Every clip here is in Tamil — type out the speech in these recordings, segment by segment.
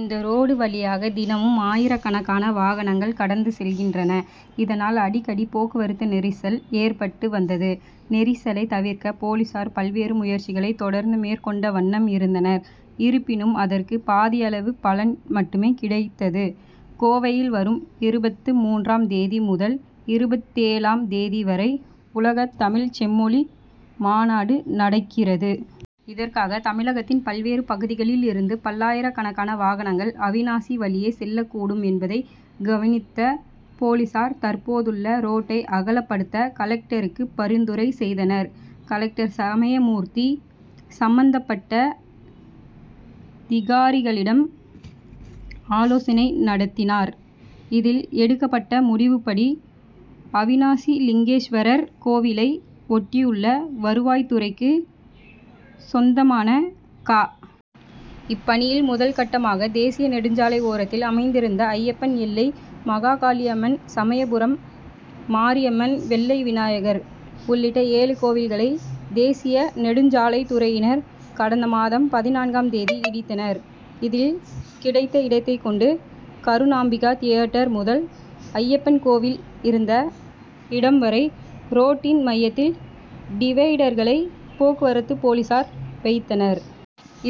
இந்த ரோடு வழியாக தினமும் ஆயிரக்கணக்கான வாகனங்கள் கடந்து செல்கின்றன. இதனால் அடிக்கடி போக்குவரத்து நெரிசல் ஏற்பட்டு வந்தது. நெரிசலை தவிர்க்க போலீசார் பல்வேறு முயற்சிகளை தொடர்ந்து மேற்கொண்ட வண்ணம் இருந்தனர். இருப்பினும் அதற்கு பாதியளவு பலன் மட்டுமே கிடைத்தது. கோவையில் வரும் இருபத்து மூன்றாம் தேதி முதல் இருபத்தேழாம் தேதி வரை உலகத் தமிழ்ச் செம்மொழி மாநாடு நடக்கிறது. இதற்காக தமிழகத்தின் பல்வேறு பகுதிகளில் இருந்து பல்லாயிரக்கணக்கான வாகனங்கள் அவிநாசி வழியே செல்லக்கூடும் என்பதை கணித்த போலீசார் தற்போதுள்ள ரோட்டை அகலப்படுத்த கலெக்டருக்கு பரிந்துரை செய்தனர். கலெக்டர் சமயமூர்த்தி சம்பந்தப்பட்ட திகாரிகளிடம் ஆலோசனை நடத்தினார். அதில் எடுக்கப்பட்ட முடிவுப்படி அவிநாசிலிங்கேஸ்வரர் கோவிலை ஒட்டியுள்ள வருவாய்த்துறைக்கு சொந்தமான க. இப்பணியில் முதல்கட்டமாக தேசிய நெடுஞ்சாலை ஓரத்தில் அமைந்திருந்த அய்யப்பன் எல்லை மாகாளியம்மன் சமயபுரம் மாரியம்மன் வெள்ளை விநாயகர் உள்ளிட்ட ஏழு கோவில்களை தேசிய நெடுஞ்சாலைத்துறையினர் கடந்த மாதம் பதினான்காம் தேதி இடித்தனர். இதில் கிடைத்த இடத்தை கொண்டு கருணாம்பிகா தியேட்டர் முதல் அய்யப்பன் கோவில் இருந்த இடம் வரை ரோட்டின் மையத்தில் டிவைடர்களை போக்குவரத்து போலீசார் வைத்தனர்.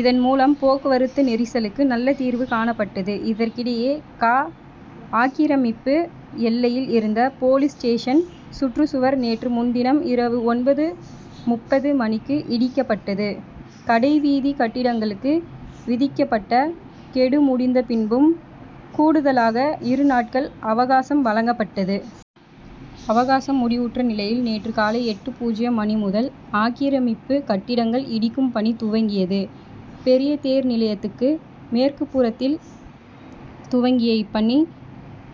இதன் மூலம் போக்குவரத்து நெரிசலுக்கு நல்ல தீர்வு காணப்பட்டது. இதற்கிடையே க. ஆக்கிரமிப்பு எல்லையில் இருந்த போலீஸ் ஸ்டேஷன் சுற்றுச்சுவர் நேற்று முன்தினம் இரவு ஒன்பது.முப்பது மணிக்கு இடிக்கப்பட்டது. கடை வீதி கட்டடங்களுக்கு விதிக்கப்பட்ட கெடு முடிந்த பின்பும் கூடுதலாக இரு நாட்கள் அவகாசம் வழங்கப்பட்டது. அவகாசம் முடிவுற்ற நிலையில் நேற்று காலை எட்டு.பூஜ்யம் மணி முதல் ஆக்கிரமிப்பு கட்டடங்கள் இடிக்கும் பணி துவங்கியது. பெரிய தேர் நிலையத்துக்கு மேற்குப்புறத்தில் துவங்கிய இப்பணி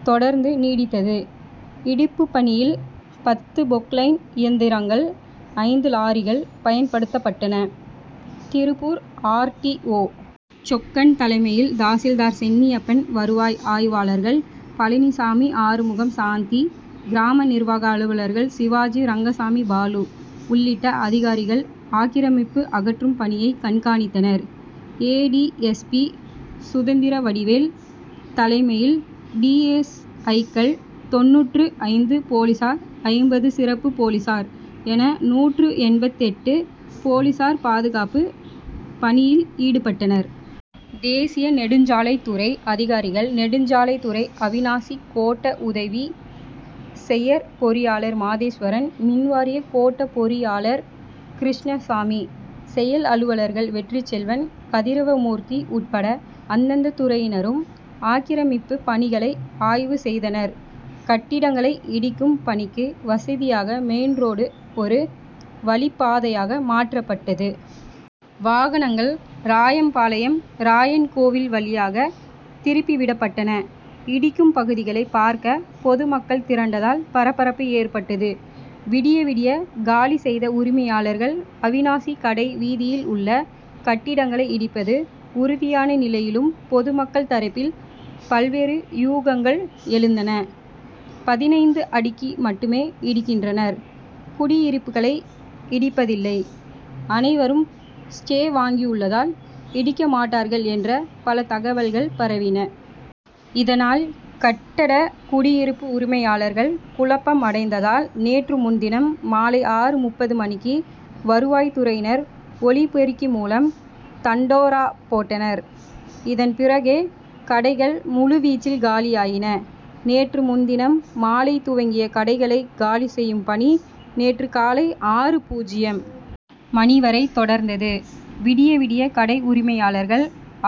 தொடர்ந்து நீடித்தது. இடிப்பு பணியில் பத்து பொக்லைன் இயந்திரங்கள் ஐந்து லாரிகள் பயன்படுத்தப்பட்டன. Tiruppur R. T. O. Chokkan தலைமையில் தாசில்தார் சென்னியப்பன் வருவாய் ஆய்வாளர்கள் பழனிசாமி ஆறுமுகம் சாந்தி கிராம நிர்வாக அலுவலர்கள் சிவாஜி ரங்கசாமி பாலு உள்ளிட்ட அதிகாரிகள் ஆக்கிரமிப்பு அகற்றும் பணியை கண்காணித்தனர். A. D. S. P. Sundaravadivel தலைமையில் டி. எஸ். ஐ.க்கள் தொண்ணூற்று ஐந்து போலீசார் ஐம்பது சிறப்பு போலீசார் என நூற்று எண்பத்தெட்டு போலீசார் பாதுகாப்பு பணியில் ஈடுபட்டனர். தேசிய நெடுஞ்சாலைத்துறை அதிகாரிகள் நெடுஞ்சாலைத்துறை அவிநாசி கோட்ட உதவி செயற்பொறியாளர் மாதேஸ்வரன் மின்வாரிய கோட்ட பொறியாளர் கிருஷ்ணசாமி செயல் அலுவலர்கள் வெற்றிச்செல்வன் கதிரவமூர்த்தி உட்பட அந்தந்த துறையினரும் ஆக்கிரமிப்பு பணிகளை ஆய்வு செய்தனர். கட்டடங்களை இடிக்கும் பணிக்கு வசதியாக மெயின் ரோடு ஒரு வழிப்பாதையாக மாற்றப்பட்டது. வாகனங்கள் ராயம்பாளையம் ராயன் கோவில் வழியாக திருப்பி விடப்பட்டன. இடிக்கும் பகுதிகளை பார்க்க பொதுமக்கள் திரண்டதால் பரபரப்பு ஏற்பட்டது. விடிய விடிய காலி செய்த உரிமையாளர்கள் அவிநாசி கடை வீதியில் உள்ள கட்டடங்களை இடிப்பது உறுதியான நிலையிலும் பொதுமக்கள் தரப்பில் பல்வேறு யூகங்கள் எழுந்தன. பதினைந்து அடிக்கு மட்டுமே இடிக்கின்றனர் குடியிருப்புகளை இடிப்பதில்லை அனைவரும் ஸ்டே வாங்கியுள்ளதால் இடிக்க மாட்டார்கள் என்ற பல தகவல்கள் பரவின. இதனால் கட்டட குடியிருப்பு உரிமையாளர்கள் குழப்பம் அடைந்ததால் நேற்று முன்தினம் மாலை ஆறு.முப்பது மணிக்கு வருவாய்த்துறையினர் ஒலி பெருக்கி மூலம் தண்டோரா போட்டனர். இதன் பிறகே கடைகள் முழு வீச்சில் காலியாயின. நேற்று முன்தினம் மாலை துவங்கிய கடைகளை காலி செய்யும் பணி நேற்று காலை ஆறு.பூஜ்யம் மணி வரை தொடர்ந்தது. விடிய விடிய கடை உரிமையாளர்கள்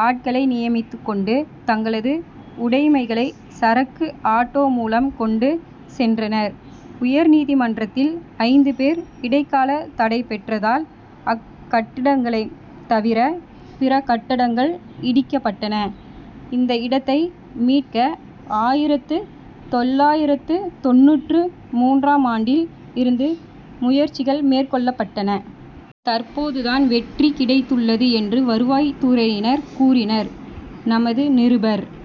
ஆட்களை நியமித்துக் கொண்டு தங்களது உடைமைகளை சரக்கு ஆட்டோ மூலம் கொண்டு சென்றனர். உயர் நீதிமன்றத்தில் ஐந்து பேர் இடைக்கால தடை பெற்றதால் அக்கட்டடங்களை தவிர பிற கட்டடங்கள் இடிக்கப்பட்டன. இந்த இடத்தை மீட்க ஆயிரத்து தொள்ளாயிரத்து தொண்ணூற்று மூன்றாம் ஆண்டில் இருந்து முயற்சிகள் மேற்கொள்ளப்பட்டன. தற்போது தான் வெற்றி கிடைத்துள்ளது என்று வருவாய்த்துறையினர் கூறினர். நமது நிருபர் -